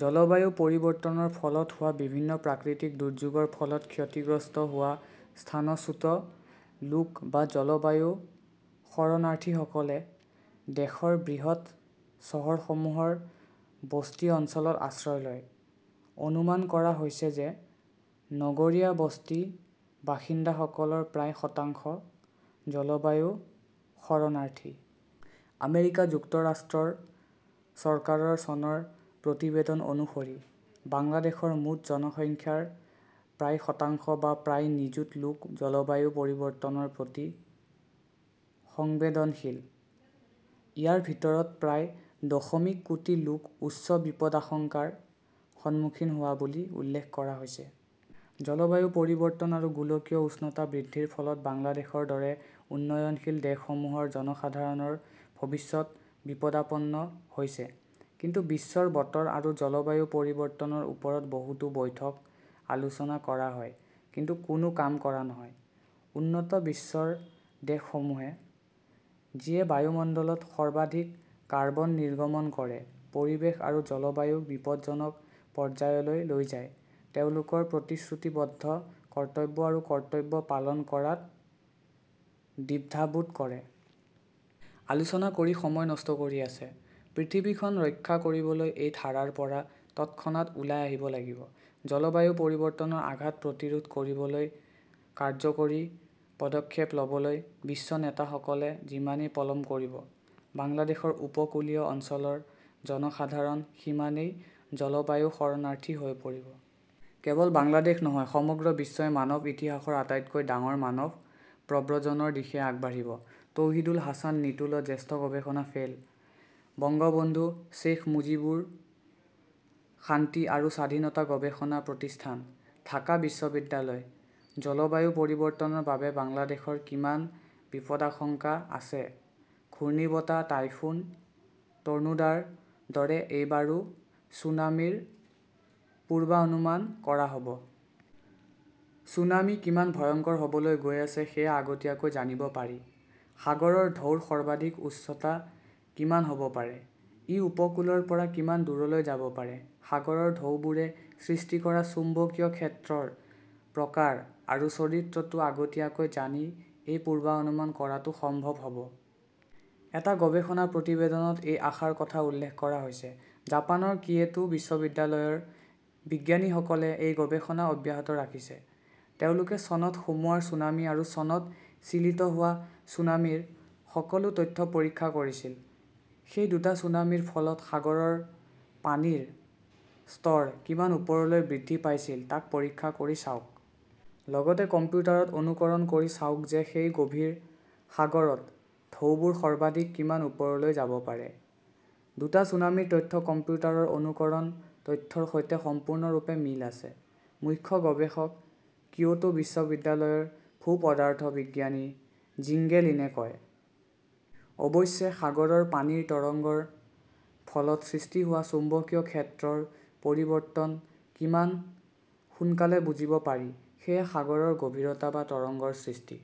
জলবায়ু পৰিৱৰ্তনৰ ফলত হোৱা বিভিন্ন প্ৰাকৃতিক দুৰ্যোগৰ ফলত ক্ষতিগ্ৰস্ত হোৱা স্থানচ্যুত লোক বা 'জলবায়ু শৰণাৰ্থীসকলে "দেশৰ বৃহৎ চহৰসমূহৰ বস্তি অঞ্চলত আশ্ৰয় লয়। অনুমান কৰা হৈছে যে নগৰীয়া বস্তি বাসিন্দাসকলৰ প্ৰায় শতাংশ 'জলবায়ু শৰণাৰ্থী "। আমেৰিকা যুক্তৰাষ্ট্ৰৰ চৰকাৰৰ চনৰ প্ৰতিবেদন অনুসৰি, বাংলাদেশৰ মুঠ জনসংখ্যাৰ প্ৰায় শতাংশ বা প্ৰায় নিযুত লোক জলবায়ু পৰিৱৰ্তনৰ প্ৰতি সংবেদনশীল। ইয়াৰ ভিতৰত প্ৰায় দশমিক কোটি লোক উচ্চ বিপদাশংকাৰ সন্মুখীন হোৱা বুলি উল্লেখ কৰা হৈছে। জলবায়ু পৰিৱৰ্তন আৰু গোলকীয় উষ্ণতা বৃদ্ধিৰ ফলত বাংলাদেশৰ দৰে উন্নয়নশীল দেশসমূহৰ জনসাধাৰণৰ ভৱিষ্যত বিপদাপন্ন হৈছে। কিন্তু বিশ্বৰ বতৰ আৰু জলবায়ু পৰিৱৰ্তনৰ ওপৰত বহুতো বৈঠক, আলোচনা কৰা হয়, কিন্তু কোনো কাম কৰা নহয়। উন্নত বিশ্বৰ দেশসমূহে, যিয়ে বায়ুমণ্ডলত সৰ্বাধিক কাৰ্বন নিৰ্গমন কৰে; পৰিৱেশ আৰু জলবায়ুক বিপদজনক পৰ্যায়লৈ লৈ যায়, তেওঁলোকৰ প্ৰতিশ্ৰুতিবদ্ধ কৰ্তব্য আৰু কৰ্তব্য পালন কৰাত দ্বিধাবোধ কৰে। আলোচনা কৰি সময় নষ্ট কৰি আছে। পৃথিৱীখন ৰক্ষা কৰিবলৈ এই ধাৰাৰ পৰা তৎক্ষণাত ওলাই আহিব লাগিব। জলবায়ু পৰিৱৰ্তনৰ আঘাত প্ৰতিৰোধ কৰিবলৈ কাৰ্যকৰী পদক্ষেপ ল "বলৈ বিশ্ব নেতাসকলে যিমানেই পলম কৰিব, বাংলাদেশৰ উপকূলীয় অঞ্চলৰ জনসাধাৰণ সিমানেই 'জলবায়ু শৰণাৰ্থী" হৈ পৰিব। কেৱল বাংলাদেশ নহয়, সমগ্ৰ বিশ্বই মানৱ ইতিহাসৰ আটাইতকৈ ডাঙৰ মানৱ প্ৰব্ৰজনৰ দিশে আগবাঢ়িব। তৌহিদুল হাছান নিটোলঃ জ্যেষ্ঠ গৱেষণা ফেল ', বঙ্গবন্ধু শ্বেইখ মুজিবুৰ শান্তি আৰু স্বাধীনতা গৱেষণা প্ৰতিষ্ঠান, ঢাকা বিশ্ববিদ্যালয় জলবায়ু পৰিৱৰ্তনৰ বাবে বাংলাদেশৰ কিমান বিপদাশংকা আছে ঘূৰ্ণীবতাহ-টাইফুন-টৰ্নোডাৰ দৰে এইবাৰও ছুনামিৰ পূৰ্বানুমান কৰা হ "ব। সূনামী কিমান ভয়ংকৰ হ "বলৈ গৈ আছে সেয়া আগতীয়াকৈ জানিব পাৰি। সাগৰৰ ঢৌৰ সৰ্বাধিক উচ্চতা কিমান হ "ব পাৰে। ই উপকূলৰ পৰা কিমান দূৰলৈ যাব পাৰে। সাগৰৰ ঢৌবোৰে সৃষ্টি কৰা চুম্বকীয় ক্ষেত্ৰৰ প্ৰকাৰ আৰু চৰিত্ৰটো আগতীয়াকৈ জানি এই পূৰ্বানুমান কৰাটো সম্ভৱ হ 'ব। এটা গৱেষণা প্ৰতিবেদনত এই আশাৰ কথা উল্লেখ কৰা হৈছে। জাপানৰ কিয়েটো বিশ্ববিদ্যালয়ৰ বিজ্ঞানীসকলে এই গৱেষণা অব্যাহত ৰাখিছে। তেওঁলোকে চনত সামোৱাৰ ছুনামি আৰু চনত চিলিত হোৱা ছুনামিৰ সকলো তথ্য পৰীক্ষা কৰিছিল। সেই দুটা ছুনামিৰ ফলত সাগৰৰ পানীৰ স্তৰ কিমান ওপৰলৈ বৃদ্ধি পাইছিল তাক পৰীক্ষা কৰি চাওক। লগতে কম্পিউটাৰত অনুকৰণ কৰি চাওক যে সেই গভীৰ সাগৰত ঢৌবোৰ সৰ্বাধিক কিমান ওপৰলৈ যাব পাৰে। দুটা ছুনামিৰ তথ্য কম্পিউটাৰৰ অনুকৰণ তথ্যৰ সৈতে সম্পূৰ্ণৰূপে মিল আছে, মুখ্য গৱেষক কিয়োটো বিশ্ববিদ্যালয়ৰ ভূ-পদাৰ্থ বিজ্ঞানী জিঙ্গে লিনে কয়। অৱশ্যে, সাগৰৰ পানীৰ তৰংগৰ ফলত সৃষ্টি হোৱা চুম্বকীয় ক্ষেত্ৰৰ পৰিৱৰ্তন কিমান সোনকালে বুজিব পাৰি সেয়া সাগৰৰ গভীৰতা বা তৰংগৰ সৃষ্টি